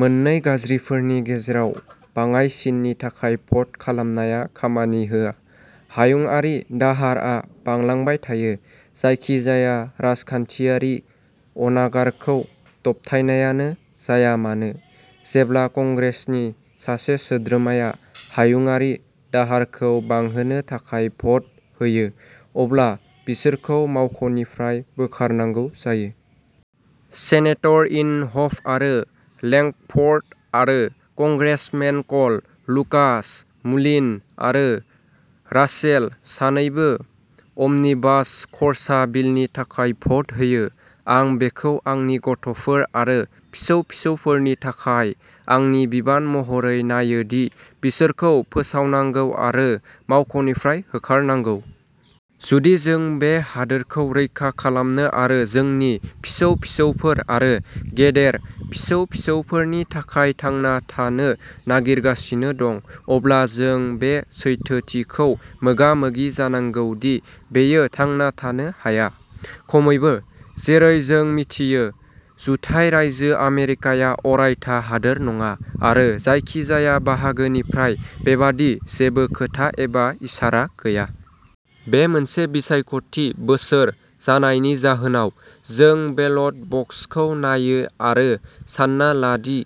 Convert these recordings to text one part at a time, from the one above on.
मोननै गाज्रिफोरनि गेजेराव बाङाइसिननि थाखाय भ'ट खालामनाया खामानि होआ, हायुंआरि दाहारआ बांलांबाय थायो, जायखिजाया राजखान्थियारि अनागारखौ दबथायनायानो जाया मानो। जेब्ला कंग्रेसनि सासे सोद्रोमाया हायुंआरि दाहारखौ बांहोनो थाखाय भ'ट होयो, अब्ला बिसोरखौ मावख'निफ्राय बोखारनांगौ जायो। सेनेटर इनहफ आरो लेंकफ'र्ड आरो कंग्रेसमेन क'ल, लुकास, मुलिन आरो रासेल सानैबो अमनिबास खर्सा बिलनि थाखाय भ'ट होयो। आं बेखौ आंनि गथ'फोर आरो फिसौ-फिसौफोरनि थाखाय आंनि बिबान महरै नायो दि बिसोरखौ फोसावनांगौ आरो मावख'निफ्राय होखारनांगौ। जुदि जों बे हादोरखौ रैखा खालामनो आरो जोंनि फिसौ-फिसौफोर आरो गेदेर फिसौ-फिसौफोरनि थाखाय थांना थानो नागिरगासिनो दं, अब्ला जों बे सैथोथिखौ मोगा-मोगि जानांगौ दि बेयो थांना थानो हाया! खमैबो, जेरै जों मिथियो। जुथाइ रायजो आमेरिकाया अरायथा हादोर नङा आरो जायखिजाया बाहागोनिफ्राय बेबादि जेबो खोथा एबा इसारा गैया। बे मोनसे बिसायख'थि बोसोर जानायनि जाहोनाव, जों बेलट बक्सखौ नायो आरो सानना ला दि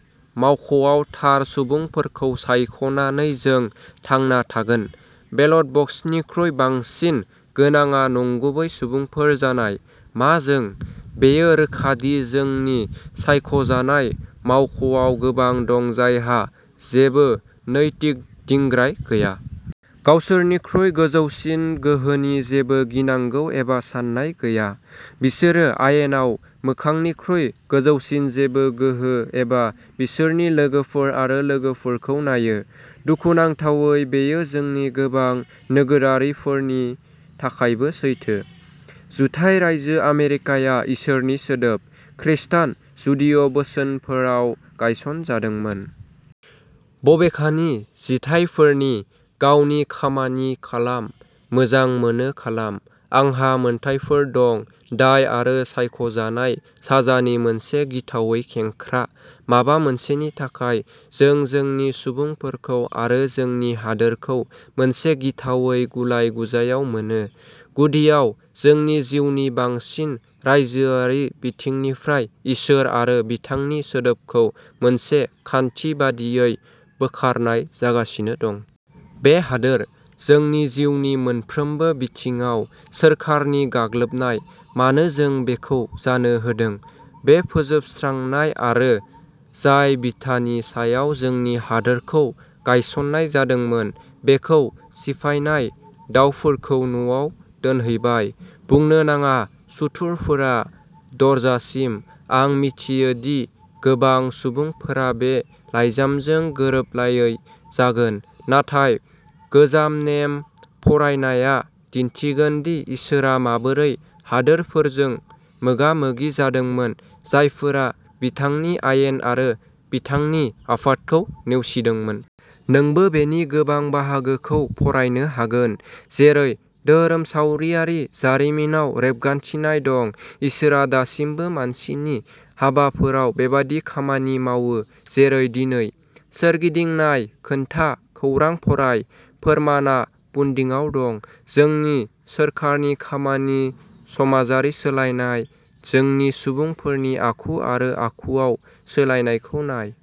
मावख'आव थार सुबुंफोरखौ सायख'नानै जों थांना थागोन। बेलट बक्सनिख्रुइ बांसिन गोनांआ नंगुबै सुबुंफोर जानाय! मा जों? बेयो रोखा दि जोंनि सायख'जानाय मावख'आव गोबां दं जायहा जेबो नैतिक दिंग्राय गैया। गावसोरनिख्रुइ गोजौसिन गोहोनि जेबो गिनांगौ एबा सान्नाय गैया। बिसोरो आइनायाव मोखांनिख्रुइ गोजौसिन जेबो गोहो एबा बिसोरनि लोगोफोर आरो लोगोफोरखौ नायो। दुखुनांथावै बेयो जोंनि गोबां नोगोरारिफोरनि थाखायबो सैथो। जुथाइ रायजो आमेरिकाया इसोरनि सोदोब-- खृस्टान/जुडिय'बोसोनफोराव गायसनजादोंमोन। बबेखानि, जिथायफोरनि "गावनि खामानि खालाम", "मोजां मोनो, खालाम", "आंहा मोनथायफोर दं", दाय आरो सायख'जानाय साजानि मोनसे गिथावै खेंख्रा, माबा मोनसेनि थाखाय, जों जोंनि सुबुंफोरखौ आरो जोंनि हादोरखौ मोनसे गिथावै गुलाय-गुजायाव मोनो। गुदियाव, जोंनि जिउनि बांसिन रायजोआरि बिथिंनिफ्राय इसोर आरो बिथांनि सोदोबखौ मोनसे खान्थि बायदियै बोखारनाय जागासिनो दं। बे हादोर। जोंनि जिउनि मोनफ्रोमबो बिथिङाव सोरखारनि गाग्लोबनाय। मानो जों बेखौ जानो होदों? बे फोजोबस्रांनाय आरो जाय बिथानि सायाव जोंनि हादोरखौ गायसननाय जादोंमोन, बेखौ सिफायनाय, दावफोरखौ न'आव दोनहैबाय। बुंनो नाङा, सुथुरफोरा दरजासिम। आं मिथियो दि गोबां सुबुंफोरा बे लाइजामजों गोरोबलायै जागोन, नाथाय गोजाम नेम फरायनाया दिन्थिगोनदि इसोरआ माबोरै हादोरफोरजों मोगा-मोगि जादोंमोन जायफोरा बिथांनि आयेन आरो बिथांनि आफादखौ नेवसिदोंमोन। नोंबो बेनि गोबां बाहागोखौ फरायनो हागोन जेरै धोरोमसावरियारि जारिमिनाव रेबगान्थिनाय दं। इसोरआ दासिमबो मानसिनि हाबाफोराव बेबादि खामानि मावो जेरै दिनै। सोरगिदिं नाय, खोनथा, खौरां फराय। फोरमानआ पुडिंआव दं! जोंनि सोरखारनि खामानि, समाजारि सोलायनाय, जोंनि सुबुंफोरनि आखु आरो आखुआव सोलायनायखौ नाय।